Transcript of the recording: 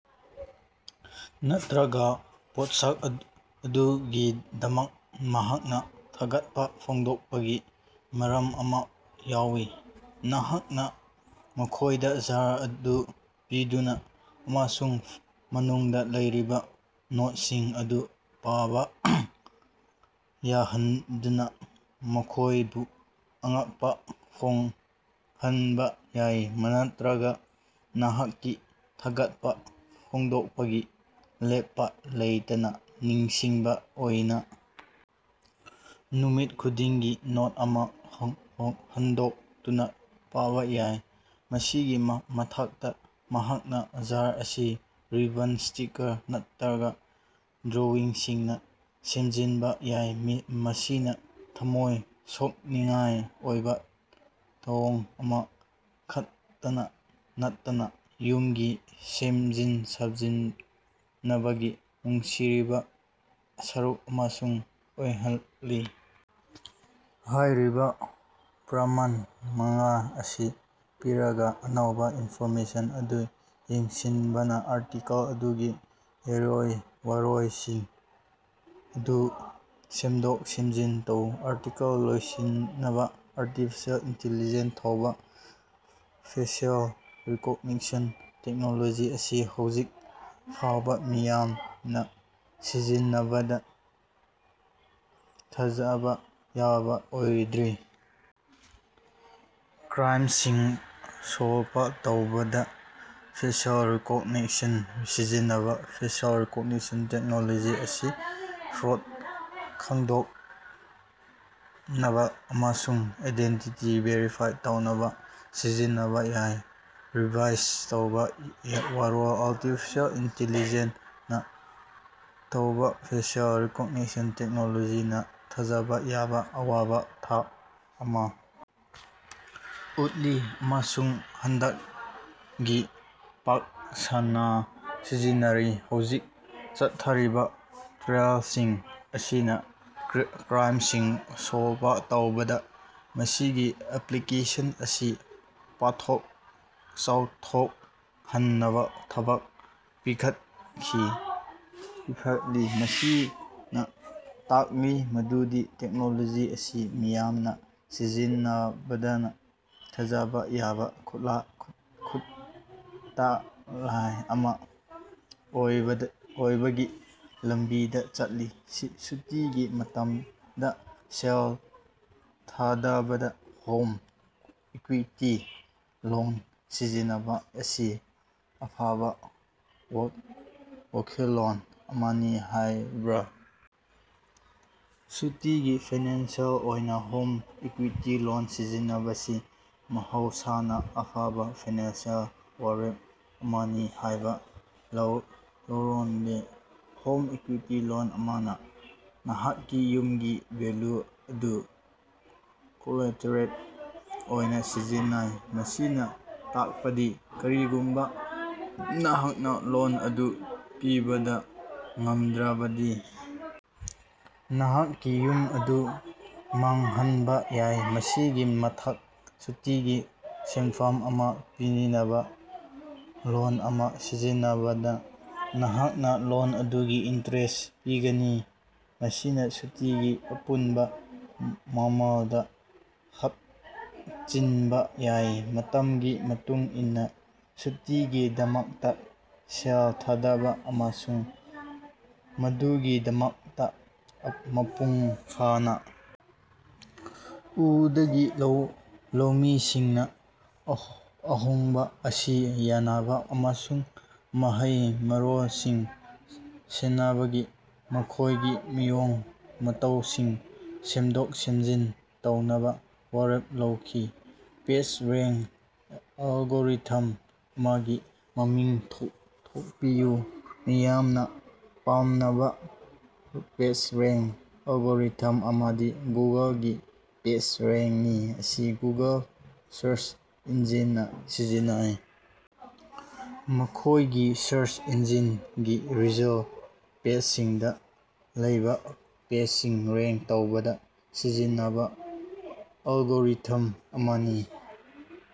ꯅꯠꯇꯔꯒ ꯄꯣꯠꯁꯛ ꯑꯗꯨꯒꯤꯗꯃꯛ ꯅꯍꯥꯛꯅ ꯊꯥꯒꯠꯄ ꯐꯣꯡꯗꯣꯛꯄꯒꯤ ꯃꯔꯝ ꯑꯃ ꯌꯥꯎꯏ꯫ ꯅꯍꯥꯛꯅ ꯃꯈꯣꯏꯗ ꯖꯥꯔ ꯑꯗꯨ ꯄꯤꯗꯨꯅ ꯑꯃꯁꯨꯡ ꯃꯅꯨꯡꯗ ꯂꯩꯔꯤꯕ ꯅꯣꯇꯁꯤꯡ ꯑꯗꯨ ꯄꯥꯕ ꯌꯥꯍꯟꯗꯨꯅ ꯃꯈꯣꯏꯕꯨ ꯑꯉꯛꯄꯥ ꯄꯣꯛꯍꯟꯕ ꯌꯥꯏ, ꯅꯠꯇꯔꯒ ꯅꯍꯥꯛꯀꯤ ꯊꯥꯒꯠꯄ ꯐꯣꯡꯗꯣꯛꯄꯒꯤ ꯂꯦꯞꯄ ꯂꯩꯇꯅ ꯅꯤꯡꯁꯤꯡꯕ ꯑꯣꯏꯅ ꯅꯨꯃꯤꯠ ꯈꯨꯗꯤꯡꯒꯤ ꯅꯣꯠ ꯑꯃ ꯍꯥꯡꯗꯣꯛꯇꯨꯅ ꯄꯥꯕ ꯌꯥꯏ꯫ ꯃꯁꯤꯒꯤ ꯃꯊꯛꯇ ꯅꯍꯥꯛꯅ ꯖꯥꯔ ꯑꯁꯤ ꯔꯤꯕꯟ, ꯁ꯭ꯇꯤꯀꯥꯔ ꯅꯠꯇꯔꯒ ꯗ꯭ꯔꯣꯏꯪꯁꯤꯡꯅ ꯁꯦꯝꯖꯤꯟꯕ ꯌꯥꯏ, ꯃꯁꯤꯅ ꯊꯝꯃꯣꯏ ꯁꯣꯛꯅꯤꯡꯉꯥꯏ ꯑꯣꯏꯕ ꯊꯧꯑꯣꯡ ꯑꯃ ꯈꯛꯇ ꯅꯠꯇꯅ ꯌꯨꯝꯒꯤ ꯁꯦꯝꯖꯤꯟ ꯁꯥꯖꯤꯟꯕꯒꯤ ꯅꯨꯡꯁꯤꯔꯕ ꯁꯔꯨꯛ ꯑꯃꯁꯨ ꯑꯣꯏꯍꯜꯂꯤ꯫ ꯍꯥꯏꯔꯤꯕ ꯄ꯭ꯔꯃꯥꯟ ꯃꯉꯥ ꯑꯁꯤ ꯄꯤꯔꯒ, ꯑꯅꯧꯕ ꯏꯟꯐꯣꯔꯃꯦꯁꯟ ꯑꯗꯨ ꯌꯦꯡꯁꯤꯟꯅꯕ ꯑꯥꯔꯇꯤꯀꯜ ꯑꯗꯨꯒꯤ ꯋꯥꯔꯣꯏꯁꯤꯟ ꯑꯗꯨ ꯁꯦꯝꯗꯣꯛ ꯁꯦꯝꯖꯤꯟ ꯇꯧ꯫ ꯑꯥꯔꯇꯤꯀꯜ ꯂꯣꯏꯁꯤꯟꯕ ꯑꯔꯇꯤꯐꯤꯁꯦꯜ ꯏꯟꯇꯤꯂꯤꯖꯦꯟ ꯅ ꯊꯧꯕ ꯐꯦꯁꯤꯑꯦꯜ ꯔꯤꯀꯣꯛꯅꯤꯁꯟ ꯇꯦꯛꯅꯣꯂꯣꯖꯤ ꯑꯁꯤ ꯍꯧꯖꯤꯛ ꯐꯥꯎꯕ ꯃꯤꯌꯥꯝꯅ ꯁꯤꯖꯤꯟꯅꯅꯕ ꯊꯥꯖꯕ ꯌꯥꯕ ꯑꯣꯏꯗ꯭ꯔꯤ꯫ ꯀ꯭ꯔꯥꯏꯃꯁꯤꯡ ꯁꯣꯜꯕ ꯇꯧꯕꯗ ꯐꯦꯁꯤꯑꯦꯜ ꯔꯤꯀꯣꯛꯅꯤꯁꯟ ꯁꯤꯖꯤꯟꯅꯕ ꯐꯦꯁꯤꯑꯦꯜ ꯔꯤꯀꯣꯛꯅꯤꯁꯟ ꯇꯦꯛꯅꯣꯂꯣꯖꯤ ꯑꯁꯤ ꯐ꯭ꯔꯣꯗ ꯈꯪꯗꯣꯛꯅꯕꯥ ꯑꯃꯁꯨꯡ ꯑꯥꯏꯗꯦꯟꯇꯤꯇꯤ ꯚꯦꯔꯤꯐꯥꯏ ꯇꯧꯅꯕ ꯁꯤꯖꯤꯟꯅꯕ ꯌꯥꯏ꯫ ꯔꯤꯚꯥꯏꯖ ꯇꯧꯔꯕ ꯋꯥꯔꯣꯜ ꯑꯔꯇꯤꯐꯤꯁꯦꯜ ꯏꯟꯇꯤꯂꯤꯖꯦꯟ ꯅ ꯊꯧꯕ ꯐꯦꯁꯤꯑꯦꯜ ꯔꯤꯀꯣꯛꯅꯤꯁꯟ ꯇꯦꯛꯅꯣꯂꯣꯖꯤꯅ ꯊꯥꯖꯕ ꯌꯥꯕ ꯑꯋꯥꯡꯕ ꯊꯥꯛ ꯑꯃ ꯎꯠꯂꯦ ꯑꯃꯁꯨꯡ ꯍꯥꯟꯅꯗꯒꯤ ꯄꯥꯛ ꯁꯟꯅ ꯁꯤꯖꯤꯟꯅꯔꯤ꯫ ꯍꯧꯖꯤꯛ ꯆꯠꯊꯔꯤꯕꯥ ꯇ꯭ꯔꯥꯏꯑꯦꯂꯁꯤꯡ ꯑꯁꯤꯅ ꯀ꯭ꯔꯥꯏꯃꯁꯤꯡ ꯁꯣꯜꯕ ꯇꯧꯕꯗ ꯃꯁꯤꯒꯤ ꯑꯦꯞꯂꯤꯀꯦꯁꯟ ꯑꯁꯤ ꯄꯥꯛꯊꯣꯛ ꯆꯥꯎꯊꯣꯛꯍꯟꯅꯕ ꯊꯕꯛ ꯄꯥꯏꯈꯠꯂꯤ, ꯃꯁꯤꯅ ꯇꯥꯛꯂꯤ ꯃꯗꯨꯗꯤ ꯇꯦꯛꯅꯣꯂꯣꯖꯤ ꯑꯁꯤ ꯃꯤꯌꯥꯝꯅ ꯁꯤꯖꯤꯟꯅꯅꯕ ꯊꯥꯖꯕ ꯌꯥꯕ ꯈꯨꯠꯂꯥꯏ ꯑꯃ ꯑꯣꯏꯕꯒꯤ ꯂꯝꯕꯤꯗ ꯆꯠꯂꯤ꯫ ꯁꯨꯇꯤꯒꯤ ꯃꯇꯝꯗ ꯁꯦꯜ ꯊꯥꯗꯕꯗ ꯍꯣꯝ ꯏꯀꯨꯏꯇꯤ ꯂꯣꯟ ꯁꯤꯖꯤꯟꯅꯕ ꯑꯁꯤ ꯑꯐꯕ ꯋꯥꯈꯜꯂꯣꯟ ꯑꯃꯅꯤ ꯍꯥꯏꯕ꯭ꯔ? ꯁꯨꯇꯤꯒꯤ ꯐꯥꯏꯅꯥꯟꯁꯤꯑꯦꯜ ꯑꯣꯏꯅ ꯍꯣꯝ ꯏꯀꯨꯏꯇꯤ ꯂꯣꯟ ꯁꯤꯖꯤꯟꯅꯕꯁꯤ ꯃꯍꯧꯁꯥꯅ ꯑꯐꯕ ꯐꯥꯏꯅꯥꯟꯁꯤꯑꯦꯜ ꯋꯥꯔꯦꯞ ꯑꯃꯅꯤ ꯍꯥꯏꯅ ꯂꯧꯅꯗꯦ꯫ ꯍꯣꯝ ꯏꯀꯨꯏꯇꯤ ꯂꯣꯟ ꯑꯃꯅ ꯅꯍꯥꯛꯀꯤ ꯌꯨꯝꯒꯤ ꯚꯦꯜꯌꯨ ꯑꯗꯨ ꯀꯣꯂꯥꯇꯦꯔꯦꯜ ꯑꯣꯏꯅ ꯁꯤꯖꯤꯟꯅꯩ, ꯃꯁꯤꯅ ꯇꯥꯛꯄꯗꯤ ꯀꯔꯤꯒꯨꯝꯕ ꯅꯍꯥꯛꯅ ꯂꯣꯟ ꯑꯗꯨ ꯄꯤꯕꯥ ꯉꯝꯗ꯭ꯔꯕꯗꯤ ꯅꯍꯥꯛꯀꯤ ꯌꯨꯝ ꯑꯗꯨ ꯃꯥꯡꯍꯟꯕ ꯌꯥꯏ꯫ ꯃꯁꯤꯒꯤ ꯃꯊꯛꯁꯨꯇꯤꯒꯤ ꯁꯦꯟꯐꯝ ꯑꯃ ꯄꯤꯅꯕ ꯂꯣꯟ ꯑꯃ ꯁꯤꯖꯤꯟꯅꯕꯅ ꯅꯍꯥꯛꯅ ꯂꯣꯟ ꯑꯗꯨꯒꯤ ꯏꯟꯇꯔꯦꯁ ꯄꯤꯒꯅꯤ, ꯃꯁꯤꯅ ꯁꯨꯇꯤꯒꯤ ꯑꯄꯨꯟꯕ ꯃꯃꯜꯗ ꯍꯥꯞꯆꯤꯟꯕ ꯌꯥꯏ꯫ ꯃꯇꯝꯒꯤ ꯃꯇꯨꯡꯏꯟꯅ ꯁꯨꯇꯤꯒꯤꯗꯃꯛꯇ ꯁꯦꯜ ꯊꯥꯗꯕ ꯑꯃꯁꯨꯡ ꯃꯗꯨꯒꯤꯗꯃꯛꯇ ꯃꯄꯨꯡ ꯐꯥꯅ ꯎꯕꯗꯒꯤ ꯂꯧꯃꯤꯁꯤꯡꯅ ꯑꯍꯣꯡꯕ ꯑꯁꯤ ꯌꯥꯅꯕ ꯑꯃꯁꯨꯡ ꯃꯍꯩ-ꯃꯔꯣꯡꯁꯤꯡ ꯁꯦꯟꯅꯕꯒꯤ ꯃꯈꯣꯏꯒꯤ ꯃꯑꯣꯡ ꯃꯇꯧꯁꯤꯡ ꯁꯦꯝꯗꯣꯛ ꯁꯦꯝꯖꯤꯟ ꯇꯧꯅꯕ ꯋꯥꯔꯦꯞ ꯂꯧꯈꯤ꯫ ꯄꯦꯖ ꯔꯦꯉ꯭ꯛ ꯑꯦꯂꯒꯣꯔꯤꯊꯝ ꯑꯃꯒꯤ ꯃꯃꯤꯡ ꯊꯣꯟꯕꯤꯌꯨ꯫ ꯃꯤꯌꯥꯝꯅ ꯄꯥꯝꯅꯕ ꯄꯦꯖꯔꯦꯉ꯭ꯛ ꯑꯦꯂꯒꯣꯔꯤꯊꯝ ꯑꯃꯗꯤ ꯒꯨꯒꯜꯒꯤ ꯄꯦꯖꯔꯦꯉ꯭ꯛꯅꯤ, ꯃꯁꯤ ꯒꯨꯒꯜ ꯁꯔꯆ ꯏꯟꯖꯤꯟꯅ ꯃꯈꯣꯏꯒꯤ ꯁꯔꯆ ꯏꯟꯖꯤꯅꯒꯤ ꯔꯤꯖꯜꯇ ꯄꯦꯖꯁꯤꯡꯗ ꯂꯩꯕ ꯄꯦꯖꯁꯤꯡ ꯔꯦꯉ꯭ꯛ ꯇꯧꯕꯗ ꯁꯤꯖꯤꯟꯅꯕ ꯑꯦꯂꯒꯣꯔꯤꯊꯝ ꯑꯃꯅꯤ꯫